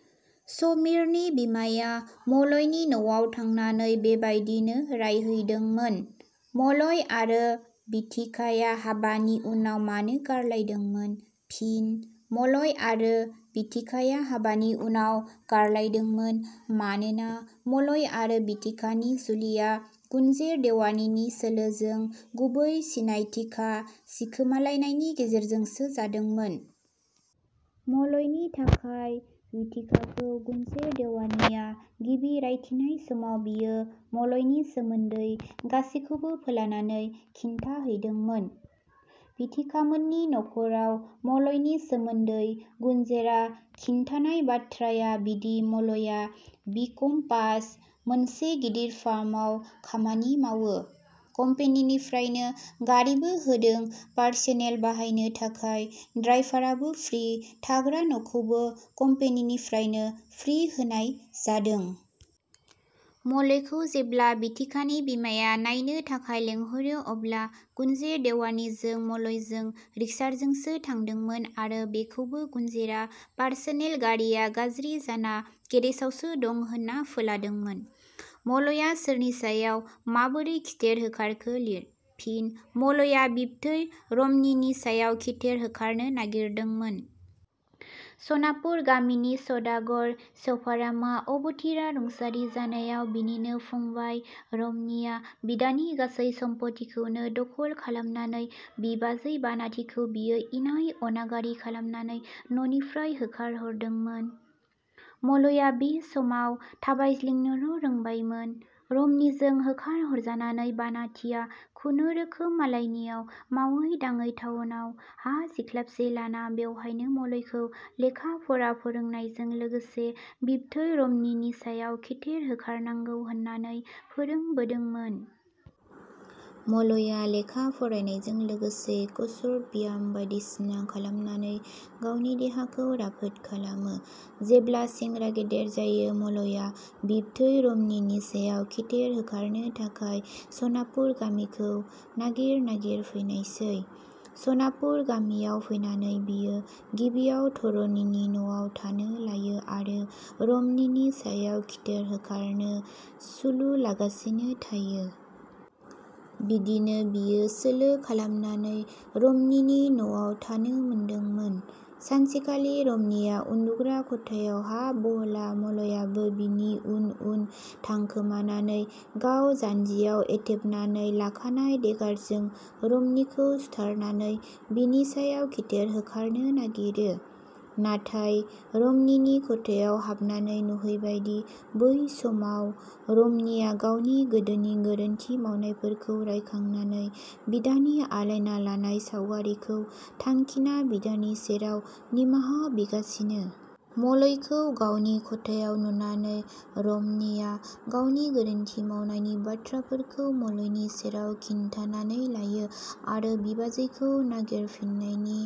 " समिरनि बिमाया मलयनि न 'आव थांनानै बेबादिनो राय हैदोंमोन। मलय आरो बिथिकाया हाबानि उनाव मानो गारलायदोंमोन? फिनः मलय आरो बिथिकाया हाबानि उनाव गारलायदोंमोन मानोना मलय आरो बिथिकानि जुलिया गुनजेर देवानिनि सोलोजों गुबै सिनायथिखा सिखमालायनायनि गेजेरजोंसो जादोंमोन। मलयनि थाखाय विथिकाखौ गुनजेर देवानिया गिबि रायथिनाय समाव बियो मलयनि सोमोन्दै गासैखौबो फोलानानै खिन्थाहैदोंमोन। विथिकामोननि नखराव मलयनि सोमोन्दो गुनजेरआ खिन्थानाय बाथ्राया बिदि-मलया बि. कम पास, मोनसे गिदिर फार्मआव खामानि मावो। कम्पानिनिफ्रायनो गारिबो होदो पारसनेल बाहायनो थाखाय, द्राइभारआबो फ्रि, थाग्रा न 'खौबो कम्पेनिनिफ्रायनो फ्रि होनाय जादों। मलयखौ जेब्ला बिथिकानि बिमाया नायनो थाखाय लेंहरो अब्ला गुनजेर देवानिजों मलयजों रिक्साजोंसो थांदोंमोन आरो बेखौबो गुनजेरआ पारसेनल गारिया गाज्रि जाना गेरेसावसो दं होनना फोलादोंमोन। मलया सोरनि सायाव माबोरै खिथेर होखारखो लिर। फिनः मलया बिबथै रमनिनि सायाव खिथेर होखारनो नागिरदोंमोन। सनापुर गामिनि सदागर शभारामआ अबथिरा रुंसारि जानायाव बिनिनो -फंबाइ रमनिया विदानि गासै सम्फथिखौनो दखल खालामनानै बिबाजै- बानाथिखौ बियो इनाय अनागारि खालामनानै न 'निफ्राय होखारहरदोंमोन। मलया बे समाव थाबायस्लिंनोल' रोहांबायमोन। रमनिजों होखारहरजानानै बानाथिया खुनुरोखोम मालायनियाव मावै दाङै थाउनाव हा जिखलाबसे लाना बेवहायनो मलयखौ लेखा फरा फोरोंनायजों लोगोसे बिबथै रमनिनि सायाव खिथेर होखारनांगौ होननानै फोरोंबोदोंमोन। मलया लेखा फरायनायजों लोगोसे कसरत, व्याम बायदिसिना खालामनानै गावनि देहाखौ राफोद खालामो। जेब्ला सेंग्रा गेदेर जायो मलया बिबथै रमनिनि सायाव खिथेर होखारनो थाखाय सनापुर गामिखौ नागिर नागिर फैनायसै। सनापुर गामियाव फैनानै बियो गिबियाव धरनिनि न'आव थानो लायो आरो रमनिनि सायाव खिथेर होखारनो सुलु लागासिनो थायो। बिदिनो बियो सोलो खालामनानै रमनिनि न 'आव थानो मोनदोंमोन। सानसेखालि रमनिया उन्दुग्रा खथायाव हा बहला मलयाबो बिनि उन उन थांखोमानानै गाव जान्जियाव एथेबनानै लाखानाय देगारजों रमनिखौ सुधारनानै बिनि सायाव खिथेर होखारनो नागिरो। नाथाय रमनिनि खथायाव हाबनानै नुहैबायदि बै समाव रमनिया गावनि गोदोनि गोरोन्थि मावनायफोरखौ रायखांनानै बिदानि आलायना लानाय सावगारिखौ थांखिना बिदानि सेराव निमाहा बिगासिनो। मलयखौ गावनि खथायाव नुनानै रमनिया गावनि गोरोन्थि मावनायनि बाथ्राखौ मलयनि सेराव खिन्थानानै लायो आरो बिबाजैखौ नागिर फिननायनि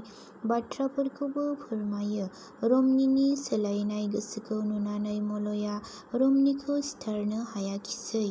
बाथ्राफोरखौबो फोरमायो। रमनिनि सोलायनाय गोसोखौ नुनानै मलया रमनिखौ सिथारनो हायाखिसै।